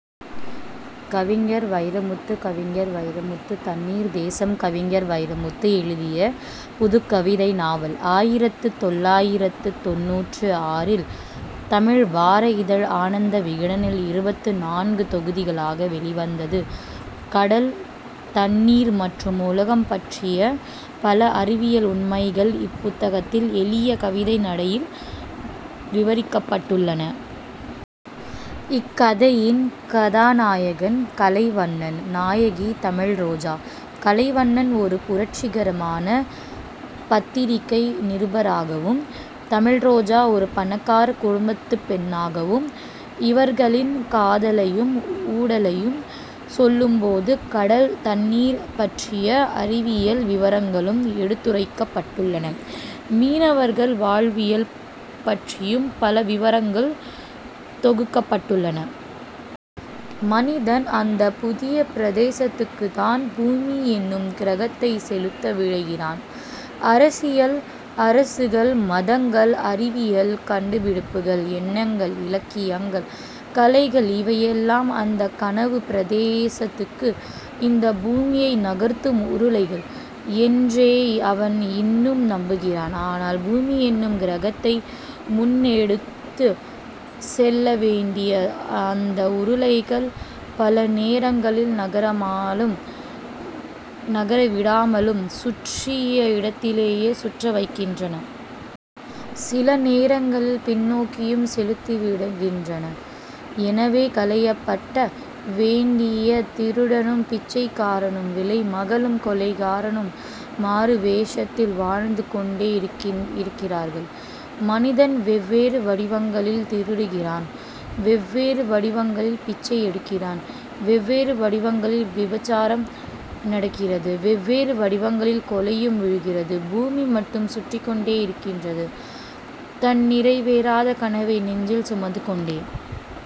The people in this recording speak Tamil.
கவிஞர் வைரமுத்து கவிஞர் வைரமுத்து தண்ணீர் தேசம் கவிஞர் வைரமுத்து எழுதிய புதுக்கவிதை நாவல். ஆயிரத்து தொள்ளாயிரத்து தொண்ணூற்று ஆறில் தமிழ் வார இதழ் ஆனந்த விகடனில் இருபத்து நான்கு தொகுதிகளாக வெளிவந்தது. கடல், தண்ணீர் மற்றும் உலகம் பற்றிய பல அறிவியல் உண்மைகள் இப்புத்தகத்தில் எளிய கவிதை நடையில் விவரிக்கப் பட்டுள்ளன. இக் கதையின் கதாநாயகன் கலைவண்ணன், நாயகி தமிழ்ரோஜா. கலைவண்ணன் ஒரு புரட்சிகரமான பத்திரிகை நிருபராகவும், தமிழ்ரோஜா ஒரு பணக்கார குடும்பத்து பெண்ணாகவும், இவர்களின் காதலையும், ஊடலையும் சொல்லும்போது கடல், தண்ணீர் பற்றிய அறிவியல் விவரங்களும் எடுத்துரைக்கப் பட்டுள்ளன. மீனவர்கள் வாழ்வியல் பற்றியும் பல விவரங்கள் தொகுக்கப் பட்டுள்ளன. மனிதன் அந்தப் புதிய பிரதேசத்துக்குத்தான் பூமி என்னும் கிரகத்தைச் செலுத்த விழைகிறான். அரசியல் அரசுகள் மதங்கள் அறிவியல் கண்டுபிடிப்புகள் எண்ணங்கள் இலக்கியங்கள் கலைகள் இவையெல்லாம் அந்தக் கனவுப் பிரதேசத்துக்கு இந்தப் பூமியை நகர்த்தும் உருளைகள் என்றே அவன் இன்னும் நம்புகிறான். ஆனால், பூமியென்னும் கிரகத்தை முன்னெடுத்துச் செல்ல வேண்டிய அந்த உருளைகள் பல நேரங்களில் நகராமலும் நகரவிடாமலும் சுற்றிய இடத்திலேயே சுற்ற வைக்கின்றன. சில நேரங்களில் பின்னோக்கியும் செலுத்திவிடுகின்றன. எனவே களையப்பட வேண்டிய திருடனும் பிச்சைக்காரனும் விலைமகளும் கொலைகாரனும் மாறுவேஷத்தில் வாழ்ந்து கொண்டேயிருக்கிறார்கள். மனிதன் வெவ்வேறு வடிவங்களில் திருடுகிறான். வெவ்வேறு வடிவங்களில் பிச்சையெடுக்கிறான். வெவ்வேறு வடிவங்களில் விபசாரம் நடக்கிறது. வெவ்வேறு வடிவங்களில் கொலையும் விழுகிறது. பூமி மட்டும் சுற்றிக்கொண்டேயிருக்கிறது தன் நிறைவேறாத கனவை நெஞ்சில் சுமந்துகொண்டே.